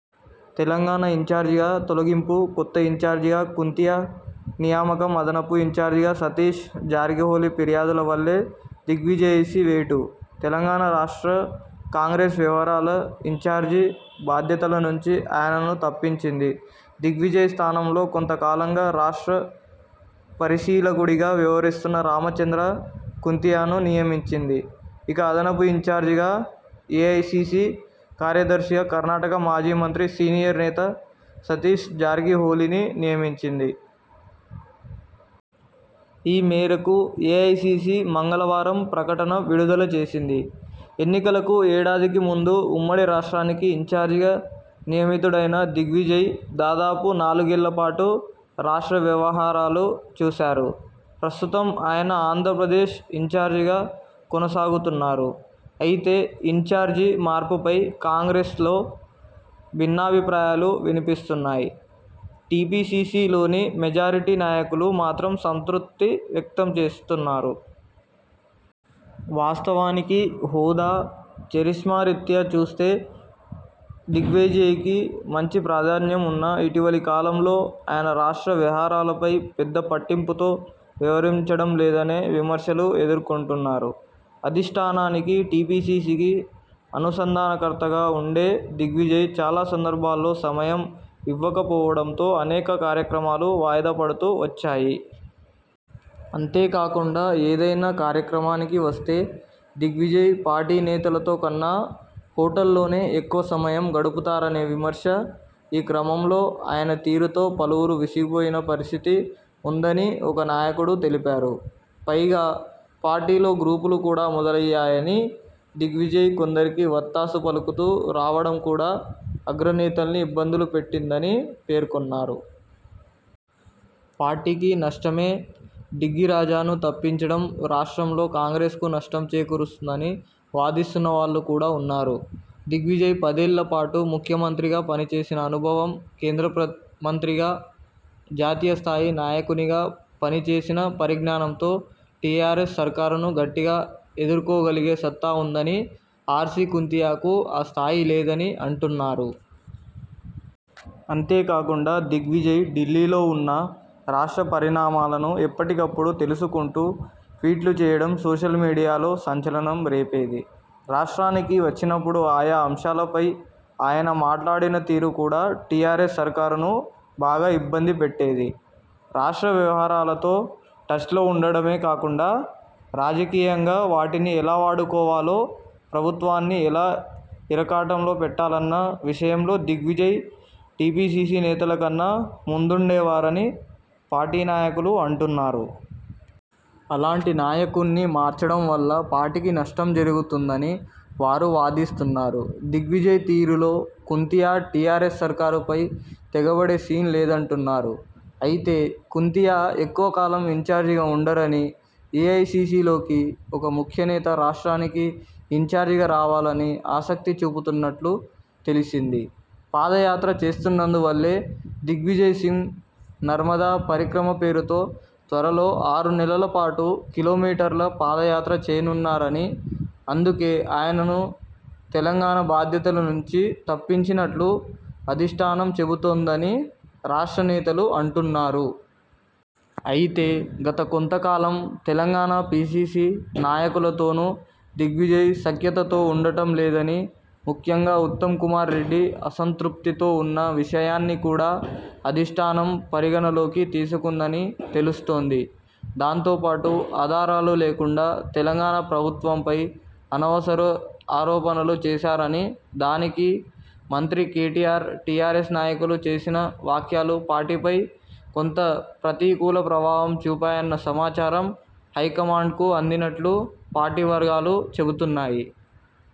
తెలంగాణ ఇన్చార్జిగా తొలగింపు కొత్త ఇన్చార్జిగా కుంతియా నియామకం అదనపు ఇన్చార్జిగా సతీష్ జార్కిహొళిఫిర్యాదుల వల్లే దిగ్విజెసి వేటు! తెలంగాణ రాష్ట్ర కాంగ్రెస్ వ్యవహారాల ఇన్చార్జి బాధ్యతల నుంచి ఆయనను తప్పించింది. దిగ్విజయ్ స్థానంలో కొంత కాలంగా రాష్ట్ర పరిశీలకుడిగా వ్యవహరిస్తున్న రామచంద్ర కుంతియాను నియమించింది. ఇక అదనపు ఇన్చార్జిగా, ఏఐసీసీ కార్యదర్శిగా కర్ణాటక మాజీ మంత్రి, సీనియర్ నేత సతీశ్ జార్కిహొళిని నియమించింది. ఈ మేరకు ఏఐసీసీ మంగళవారం ప్రకటన విడుదల చేసింది. ఎన్నికలకు ఏడాదికి ముందు ఉమ్మడి రాష్ట్రానికి ఇన్చార్జిగా నియమితుడైన దిగ్విజయ్ దాదాపు నాలుగేళ్లపాటు రాష్ట్ర వ్యవహారాలు చూశారు. ప్రస్తుతం ఆయన ఆంధ్రప్రదేశ్ ఇన్చార్జిగా కొనసాగుతున్నారు. అయితే ఇన్చార్జి మార్పుపై కాంగ్రె్సలో భిన్నాభిప్రాయాలు వినిపిస్తున్నాయి. టీపీసీసీలోని మెజారిటీ నాయకులు మాత్రం సంతృప్తి వ్యక్తం చేస్తున్నారు. వాస్తవానికి హోదా, ఛరిష్మా రీత్యా చూస్తే దిగ్విజయ్కి మంచి ప్రాధాన్యం ఉన్నా ఇటీవలి కాలంలో ఆయన రాష్ట్ర వ్యవహారాలపై పెద్ద పట్టింపుతో వ్యవహరించడం లేదనే విమర్శలు ఎదుర్కొంటున్నారు. అధిష్ఠానానికి టీపీసీసీకి అనుసంధానకర్తగా ఉండే దిగ్విజయ్ చాలా సందర్భాల్లో సమయం ఇవ్వక పోవడంతో అనేక కార్యక్రమాలు వాయిదా పడుతూ వచ్చాయి. అంతేకాకుండా ఏదైనా కార్యక్రమానికి వస్తే దిగ్విజయ్ పార్టీ నేతలతో కన్నా హోటల్లోనే ఎక్కువ సమయం గడుపుతారనే విమర్శ ఈ క్రమంలో ఆయన తీరుతో పలువురు విసిగిపోయిన పరిస్థితి ఉందని ఒక నాయకుడు తెలిపారు. పైగా పార్టీలో గ్రూపులు కూడా మొదలయ్యాయని, దిగ్విజయ్ కొందరికి వత్తాసు పలుకుతూ రావడం కూడా అగ్రనేతల్ని ఇబ్బందులు పెట్టిందని పేర్కొన్నారు. పార్టీకి నష్టమే డిగ్గీ రాజాను తప్పించడం రాష్ట్రంలో కాంగ్రెస్ కు నష్టం చేకూరుస్తుందని వాదిస్తున్న వాళ్లు కూడా ఉన్నారు. దిగ్విజయ్ పదేళ్ల పాటు ముఖ్యమంత్రిగా పనిచేసిన అనుభవం, కేంద్ర ప్రత్ మంత్రిగా, జాతీయ స్థాయి నాయకునిగా పనిచేసిన పరిజ్ఞానంతో టీఆర్ఎస్ సర్కారును గట్టిగా ఎదుర్కోగలిగే సత్తా ఉందని, ఆర్సీ కుంతియాకు ఆ స్థాయి లేదని అంటున్నారు. అంతేకాకుండా దిగ్విజయ్ ఢిల్లీలో ఉన్నా రాష్ట్ర పరిణామాలను ఎప్పటికప్పుడు తెలుసుకుంటూ ట్వీట్లు చేయడం సోషల్ మీడియాలో సంచలనం రేపేది. రాష్ట్రానికి వచ్చినప్పుడు ఆయా అంశాలపై ఆయన మాట్లాడిన తీరు కూడా టీఆర్ఎస్ సర్కారును బాగా ఇబ్బంది పెట్టేది. రాష్ట్ర వ్యవహారాలతో టచ్లో ఉండడమే కాకుండా రాజకీయంగా వాటిని ఎలా వాడుకోవాలో, ప్రభుత్వాన్ని ఎలా ఇరకాటంలో పెట్టాలన్న విషయంలో దిగ్విజయ్ టీపీసీసీ నేతలకన్నా ముందుండే వారని పార్టీ నాయకులు అంటున్నారు. అలాంటి నాయకున్ని మార్చడం వల్ల పార్టీకి నష్టం జరుగుతుందని వారు వాదిస్తున్నారు. దిగ్విజయ్ తీరులో కుంతియా టీఆర్ఎస్ సర్కారుపై తెగబడే సీన్ లేదంటున్నారు. అయితే కుంతియా ఎక్కువ కాలం ఇన్చార్జిగా ఉండరని, ఏఐసీసీలోకి ఒక ముఖ్యనేత రాష్ట్రానికి ఇన్చార్జిగా రావాలని ఆసక్తి చూపుతున్నట్లు తెలిసింది. పాదయాత్ర చేస్తున్నందువల్లే దిగ్విజయ్సింగ్ నర్మదా పరిక్రమ పేరుతో త్వరలో ఆరు నెలల పాటు కిలోమీటర్ల పాదయాత్ర చేయనున్నారని, అందుకే ఆయనను తెలంగాణ బాధ్యతల నుంచి తప్పించి నట్లు అధిష్ఠానం చెబుతోందని రాష్ట్ర నేతలు అంటున్నారు. అయితే గత కొంత కాలం తెలంగాణ పీసీసీ నాయకుల తోనూ దిగ్విజయ్ సఖ్యతతో ఉండటంలేదని, ముఖ్యంగా ఉత్తమ్ కుమార్ రెడ్డి అసంతృప్తితో ఉన్న విషయాన్ని కూడా అధిష్ఠానం పరిగణనలోకి తీసుకుందని తెలుస్తోంది. దాంతోపాటు ఆధారాలు లేకుండా తెలంగాణ ప్రభుత్వంపై అనవసర ఆరోపణలు చేశారని, దానికి మంత్రి కేటీఆర్, టీఆర్ఎస్ నాయకులు చేసిన వాఖ్యాలు పార్టీపై కొంత ప్రతికూల ప్రభావం చూపాయన్న సమాచారం హైకమాండ్కు అందినట్లు పార్టీ వర్గాలు చెబుతున్నాయి.